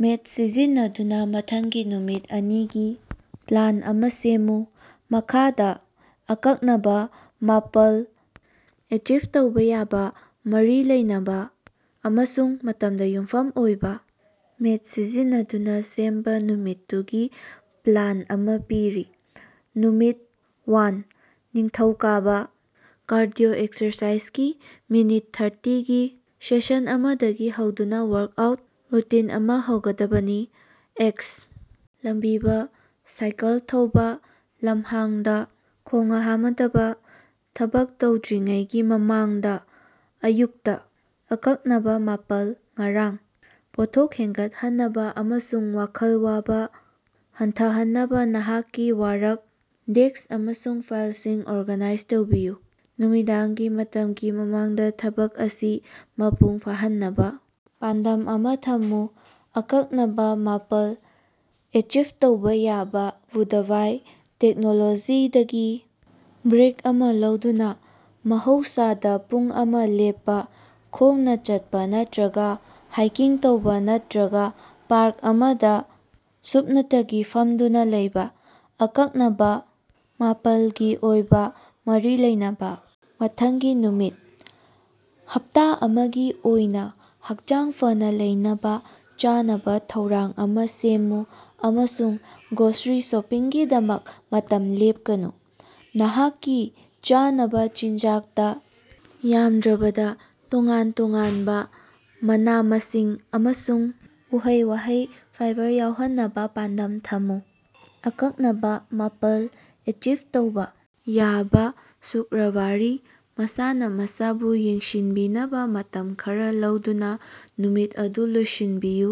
Method ꯁꯤꯖꯤꯟꯅꯗꯨꯅ ꯃꯊꯪꯒꯤ ꯅꯨꯃꯤꯠ ꯑꯅꯤꯒꯤ ꯄ꯭ꯂꯥꯟ ꯑꯃꯥ ꯁꯦꯝꯃꯨ꯫ ꯃꯈꯥꯗꯥ (ꯑꯀꯛꯅꯕꯥ, ꯃꯥꯄꯜ, ꯑꯦꯆꯤꯚ ꯇꯧꯕꯥ ꯌꯥꯕꯥ, ꯃꯔꯤ ꯂꯩꯅꯕꯥ, ꯑꯃꯁꯨꯡ ꯃꯇꯝꯗ ꯌꯨꯝꯐꯝ ꯑꯣꯏꯕꯥ) ꯃꯦꯊꯗ ꯁꯤꯖꯤꯟꯅꯗꯨꯅꯥ ꯁꯦꯝꯕꯥ ꯅꯨꯃꯤꯠ ꯇꯨꯒꯤ ꯄ꯭ꯂꯥꯟ ꯑꯃꯥ ꯄꯤꯔꯤ: ꯅꯨꯃꯤꯠ ꯋꯥꯟ: ꯅꯤꯡꯊꯧꯀꯥꯕꯥ: ꯀꯥꯔꯗꯤꯑꯣ ꯑꯦꯛꯁꯔꯁꯥꯏꯖꯒꯤ ꯃꯤꯅꯤꯠ ꯊ꯭ꯔꯇꯤꯒꯤ ꯁꯦꯁꯟ ꯑꯃꯗꯒꯤ ꯍꯧꯗꯨꯅꯥ ꯋꯥꯔꯀꯑꯥꯎꯠ ꯔꯨꯇꯤꯟ ꯑꯃꯥ ꯍꯧꯒꯗꯕꯅꯤ (ꯑꯦꯛꯁ. ꯂꯝꯕꯤꯕꯥ, ꯁꯥꯏꯀꯜ ꯊꯧꯕꯥ, ꯂꯝꯍꯥꯡꯗꯥ ꯈꯣꯉ ꯍꯥꯃꯗꯕꯥ) ꯊꯕꯛ ꯇꯧꯗ꯭ꯔꯤꯉꯩꯒꯤ ꯃꯃꯥꯡꯗꯥ ꯑꯌꯨꯛꯇꯥ꯫ (ꯑꯀꯛꯅꯕꯥ, ꯃꯥꯄꯜ) ꯉꯔꯥꯡ: ꯄꯣꯠꯊꯣꯛ ꯍꯦꯟꯒꯠꯍꯟꯅꯕꯥ ꯑꯃꯁꯨꯡ ꯋꯥꯈꯜ ꯋꯥꯕꯥ ꯍꯟꯊꯍꯟꯅꯕꯥ ꯅꯍꯥꯛꯀꯤ ꯋꯥꯔꯛ ꯗꯦꯁꯛ ꯑꯃꯁꯨꯡ ꯐꯥꯏꯂꯁꯤꯡ ꯑꯣꯔꯒꯅꯥꯏꯖ ꯇꯧꯕꯤꯌꯨ꯫ ꯅꯨꯃꯤꯗꯥꯡꯒꯤ ꯃꯇꯃꯒꯤ ꯃꯃꯥꯡꯗꯥ ꯊꯕꯛ ꯑꯁꯤ ꯃꯄꯨꯡ ꯐꯥꯍꯟꯅꯕꯥ ꯄꯥꯟꯗꯝ ꯑꯃꯥ ꯊꯝꯃꯨ꯫ (ꯑꯀꯛꯅꯕꯥ, ꯃꯥꯄꯜ, ꯑꯦꯆꯤꯕ ꯇꯧꯕꯥ ꯌꯥꯕꯥ) ꯕꯨꯙꯕꯥꯏ: ꯇꯦꯛꯅꯣꯂꯣꯖꯤꯗꯒꯤ ꯕ꯭ꯔꯦꯛ ꯑꯃꯥ ꯂꯧꯗꯨꯅꯥ ꯃꯍꯧꯁꯥꯗꯥ ꯄꯨꯡ ꯑꯃ ꯂꯦꯞꯄꯥ, ꯈꯣꯡꯅꯥ ꯆꯠꯄꯥ ꯅꯠꯇꯔꯒꯥ ꯍꯥꯏꯀꯤꯡ ꯇꯧꯕꯥ ꯅꯠꯇꯔꯒꯥ ꯄꯥꯔꯛ ꯑꯃꯗꯥ ꯁꯨꯞꯅꯇꯒꯤ ꯐꯃꯗꯨꯅꯥ ꯂꯩꯕꯥ꯫ (ꯑꯀꯛꯅꯕꯥ, ꯃꯥꯄꯂꯒꯤ ꯑꯣꯏꯕꯥ, ꯃꯔꯤ ꯂꯩꯅꯕꯥ) ꯊꯪꯅꯕꯥ ꯅꯨꯃꯤꯠ: ꯍꯞꯇꯥ ꯑꯃꯒꯤ ꯑꯣꯏꯅꯥ ꯍꯛꯆꯥꯡ ꯐꯅꯥ ꯂꯩꯅꯕꯥ ꯆꯥꯅꯕꯥ ꯊꯧꯔꯥꯡ ꯑꯃꯥ ꯁꯦꯝꯃꯨ ꯑꯃꯁꯨꯡ ꯒ꯭ꯔꯣꯁꯔꯤ ꯁꯣꯄꯤꯡꯒꯤꯗꯃꯛ ꯃꯇꯝ ꯂꯦꯞꯀꯅꯨ꯫ ꯅꯍꯥꯛꯀꯤ ꯆꯥꯅꯕꯥ ꯆꯤꯟꯖꯥꯛꯇꯥ ꯌꯥꯝꯗ꯭ꯔꯕꯗꯥ ꯇꯣꯉꯥꯟ-ꯇꯣꯉꯥꯅꯕꯥ ꯃꯅꯥ-ꯃꯁꯤꯡ ꯑꯃꯁꯨꯡ ꯎꯍꯩ-ꯋꯥꯍꯩ ꯐꯥꯏꯚ ꯌꯥꯎꯍꯟꯅꯕꯥ ꯄꯥꯟꯗꯝ ꯊꯝꯃꯨ꯫ (ꯑꯀꯛꯅꯕꯥ, ꯃꯥꯄꯜ, ꯑꯦꯆꯤꯕ ꯇꯧꯕꯥ ꯌꯥꯕꯥ) ꯁꯨꯛꯔꯕꯥꯔꯤ: ꯃꯁꯥꯅꯥ ꯃꯁꯥꯕꯨ ꯌꯦꯡꯁꯤꯟꯕꯤꯅꯕꯥ ꯃꯇꯝ ꯈꯔꯥ ꯂꯧꯗꯨꯅꯥ ꯅꯨꯃꯤꯠ ꯑꯗꯨ ꯂꯣꯏꯁꯤꯟꯕꯤꯌꯨ꯫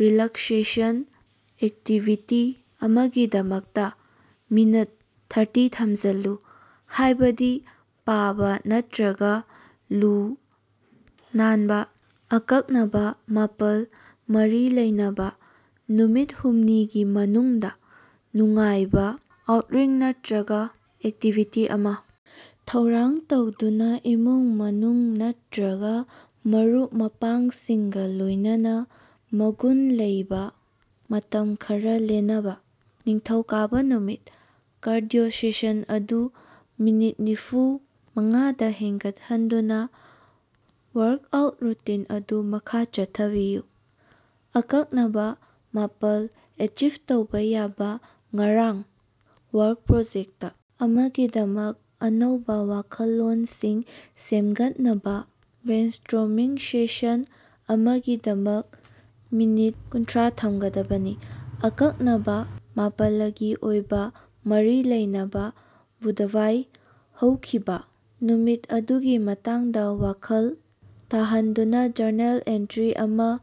ꯔꯤꯂꯥꯛꯁꯦꯁꯟ ꯑꯦꯛꯇꯤꯚꯤꯇꯤ ꯑꯃꯒꯤꯗꯃꯛꯇꯥ ꯃꯤꯅꯠ ꯊ꯭ꯔꯇꯤ ꯊꯝꯖꯤꯜꯂꯨ, ꯍꯥꯏꯕꯗꯤ ꯄꯥꯕꯥ ꯅꯠꯇꯔꯒꯥ ꯂꯨ-ꯅꯥꯅꯕꯥ꯫ (ꯑꯀꯛꯅꯕꯥ, ꯃꯥꯄꯜ, ꯃꯔꯤ ꯂꯩꯅꯕꯥ) ꯅꯨꯃꯤꯠ ꯍꯨꯝꯅꯤꯒꯤ ꯃꯅꯨꯡꯗꯥ: ꯅꯨꯡꯉꯥꯏꯕꯥ ꯑꯥꯎꯠꯔꯤꯡ ꯅꯠꯇꯔꯒꯥ ꯑꯦꯛꯇꯤꯚꯤꯇꯤ ꯑꯃꯥ ꯊꯧꯔꯥꯡ ꯇꯧꯗꯨꯅꯥ ꯏꯃꯨꯡ-ꯃꯅꯨꯡ ꯅꯠꯇꯔꯒꯥ ꯃꯔꯨꯞ-ꯃꯄꯥꯡꯁꯤꯡꯒꯥ ꯂꯣꯏꯅꯅ ꯃꯒꯨꯟ ꯂꯩꯕꯥ ꯃꯇꯝ ꯈꯔꯥ ꯂꯦꯅꯕꯥ꯫ ꯅꯤꯡꯊꯧꯀꯥꯕꯥ ꯅꯨꯃꯤꯠ: ꯀꯥꯔꯗꯤꯑꯣ ꯁꯦꯁꯟ ꯑꯗꯨ ꯃꯤꯅꯤꯠ ꯅꯤꯐꯨ ꯃꯉꯥꯗꯥ ꯍꯦꯅꯒꯠꯍꯟꯗꯨꯅꯥ ꯋꯥꯔꯀꯑꯥꯎꯠ ꯔꯨꯇꯤꯟ ꯑꯗꯨ ꯃꯈꯥ ꯆꯠꯊꯕꯤꯌꯨ꯫ (ꯑꯀꯛꯅꯕꯥ, ꯃꯥꯄꯜ, ꯑꯦꯆꯤꯕ ꯇꯧꯕꯥ ꯌꯥꯕꯥ) ꯉꯔꯥꯡ: ꯋꯥꯔꯛ ꯄ꯭ꯔꯣꯖꯦꯛꯇ ꯑꯃꯒꯤꯗꯃꯛ ꯑꯅꯧꯕꯥ ꯋꯥꯈꯜꯂꯣꯟꯁꯤꯡ ꯁꯦꯝꯒꯠꯅꯕꯥ ꯕ꯭ꯔꯦꯟꯁ꯭ꯇꯣꯔꯃꯤꯡ ꯁꯦꯁꯟ ꯑꯃꯒꯤꯗꯃꯛ ꯃꯤꯅꯤꯠ ꯀꯨꯟꯊ꯭ꯔꯥ ꯊꯝꯒꯗꯕꯅꯤ꯫ (ꯑꯀꯛꯅꯕꯥ, ꯃꯥꯄꯂꯒꯤ ꯑꯣꯏꯕꯥ, ꯃꯔꯤ ꯂꯩꯅꯕꯥ) ꯕꯨꯙꯕꯥꯏ: ꯍꯧꯈꯤꯕꯥ ꯅꯨꯃꯤꯠ ꯑꯗꯨꯒꯤ ꯃꯇꯥꯡꯗꯥ ꯋꯥꯈꯜ ꯇꯥꯍꯟꯗꯨꯅꯥ ꯖꯔꯅꯦꯜ ꯑꯦꯟꯇꯔꯤ ꯑꯃꯥ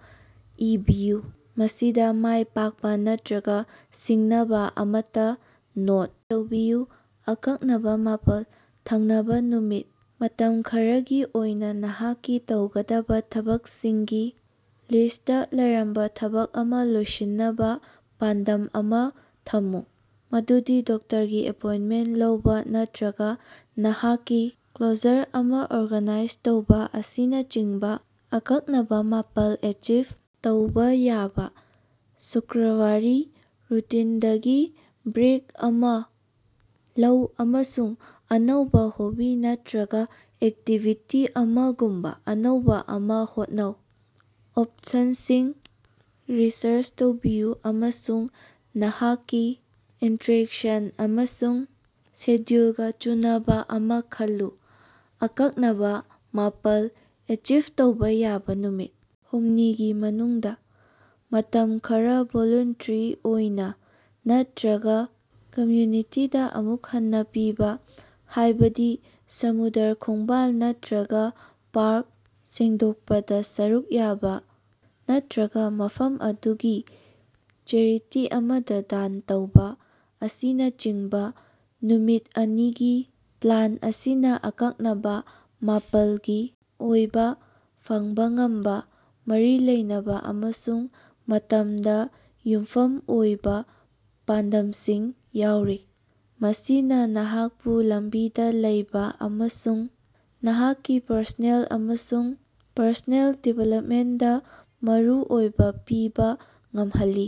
ꯏꯕꯤꯌꯨ, ꯃꯁꯤꯗꯥ ꯃꯥꯏ ꯄꯥꯛꯄꯥ ꯅꯠꯔꯒꯥ ꯁꯤꯡꯅꯕꯥ ꯑꯃꯠꯇꯥ ꯅꯣꯠ ꯇꯧꯕꯤꯌꯨ꯫ (ꯑꯀꯛꯅꯕꯥ, ꯃꯥꯄꯜ) ꯊꯪꯅꯕꯥ ꯅꯨꯃꯤꯠ: ꯃꯇꯝ ꯈꯔꯒꯤ ꯑꯣꯏꯅꯥ ꯅꯍꯥꯛꯀꯤ ꯇꯧꯒꯗꯕꯥ ꯊꯕꯛꯁꯤꯡꯒꯤ ꯂꯤꯁꯇꯇꯥ ꯂꯩꯔꯝꯕꯥ ꯊꯕꯛ ꯑꯃꯥ ꯂꯣꯏꯁꯤꯟꯅꯕꯥ ꯄꯥꯟꯗꯝ ꯑꯃꯥ ꯊꯝꯃꯨ, ꯃꯗꯨꯗꯤ ꯗꯣꯛꯇꯔꯒꯤ ꯑꯦꯄꯣꯏꯟꯇꯃꯦꯟꯇ ꯂꯧꯕꯥ ꯅꯠꯇꯔꯒꯥ ꯅꯍꯥꯛꯀꯤ ꯀ꯭ꯂꯣꯖꯔ ꯑꯗꯨ ꯑꯣꯔꯒꯥꯅꯥꯏꯖ ꯇꯧꯕꯥ ꯑꯁꯤꯅꯆꯤꯡꯕꯥ꯫ (ꯑꯀꯛꯅꯕꯥ, ꯃꯥꯄꯜ, ꯑꯦꯆꯤꯚ ꯇꯧꯕꯥ ꯌꯥꯕꯥ) ꯁꯨꯛꯔꯕꯥꯔꯤ: ꯔꯨꯇꯤꯅꯗꯒꯤ ꯕ꯭ꯔꯦꯛ ꯑꯃꯥ ꯂꯧ ꯑꯃꯁꯨꯡ ꯑꯅꯧꯕꯥ ꯍꯣꯕꯤ ꯅꯠꯇꯔꯒꯥ ꯑꯦꯛꯇꯤꯚꯤꯇꯤ ꯑꯃꯥꯒꯨꯝꯕꯥ ꯑꯅꯧꯕꯥ ꯑꯃ ꯍꯣꯠꯅꯧ꯫ ꯑꯣꯄꯁꯟꯁꯤꯡ ꯔꯤꯁꯔꯆ ꯇꯧꯕꯤꯌꯨ ꯑꯃꯁꯨꯡ ꯅꯍꯥꯛꯀꯤ ꯏꯟꯇꯔꯦꯁꯠ ꯑꯃꯁꯨꯡ ꯁꯦꯗ꯭ꯌꯨꯂꯒꯥ ꯆꯨꯅꯕꯥ ꯑꯃꯥ ꯈꯜꯂꯨ꯫ (ꯑꯀꯛꯅꯕꯥ, ꯃꯥꯄꯜ, ꯑꯦꯆꯤꯚ ꯇꯧꯕꯥ ꯌꯥꯕꯥ) ꯅꯨꯃꯤꯠ ꯍꯨꯝꯅꯤꯒꯤ ꯃꯅꯨꯡꯗꯥ: ꯃꯇꯝ ꯈꯔꯥ ꯚꯣꯂꯨꯟꯇꯔꯤ ꯑꯣꯏꯅꯥ ꯅꯠꯇꯔꯒꯥ ꯀꯝꯌꯨꯅꯤꯇꯤꯗꯥ ꯑꯃꯨꯛ ꯍꯟꯅꯥ ꯄꯤꯕꯥ, ꯍꯥꯏꯕꯗꯤ ꯁꯃꯨꯗ꯭ꯔ ꯈꯣꯡꯕꯥꯜ ꯅꯠꯇꯔꯒꯥ ꯄꯥꯔꯛ ꯁꯦꯡꯗꯣꯛꯄꯗꯥ ꯁꯔꯨꯛ ꯌꯥꯕꯥ ꯅꯠꯇꯔꯒꯥ ꯃꯐꯝ ꯑꯗꯨꯒꯤ ꯆꯦꯔꯤꯇꯤ ꯑꯃꯗꯥ ꯗꯥꯟ ꯇꯧꯕꯥ ꯑꯁꯤꯅꯆꯤꯡꯕꯥ꯫ ꯅꯨꯃꯤꯠ ꯑꯅꯤꯒꯤ ꯄ꯭ꯂꯥꯟ ꯑꯁꯤꯅꯥ ꯑꯀꯛꯅꯕꯥ, ꯃꯥꯄꯜꯒꯤ ꯑꯣꯏꯕꯥ, ꯐꯪꯕꯥ ꯉꯝꯕꯥ, ꯃꯔꯤ ꯂꯩꯅꯕꯥ ꯑꯃꯁꯨꯡ ꯃꯇꯝꯗ ꯌꯨꯝꯐꯝ ꯑꯣꯏꯕꯥ ꯄꯥꯟꯗꯝꯁꯤꯡ ꯌꯥꯎꯔꯤ, ꯃꯁꯤꯅꯥ ꯅꯍꯥꯛꯄꯨ ꯂꯝꯕꯤꯗꯥ ꯂꯩꯕꯥ ꯑꯃꯁꯨꯡ ꯅꯍꯥꯛꯀꯤ ꯄꯔꯁꯣꯅꯦꯜ ꯑꯃꯁꯨꯡ ꯄ꯭ꯔꯣꯐꯦꯁꯅꯦꯜ ꯗꯤꯕꯦꯂꯄꯃꯦꯟꯇꯗꯥ ꯃꯔꯨ ꯑꯣꯏꯕꯥ ꯄꯤꯕꯥ ꯉꯝꯍꯜꯂꯤ꯫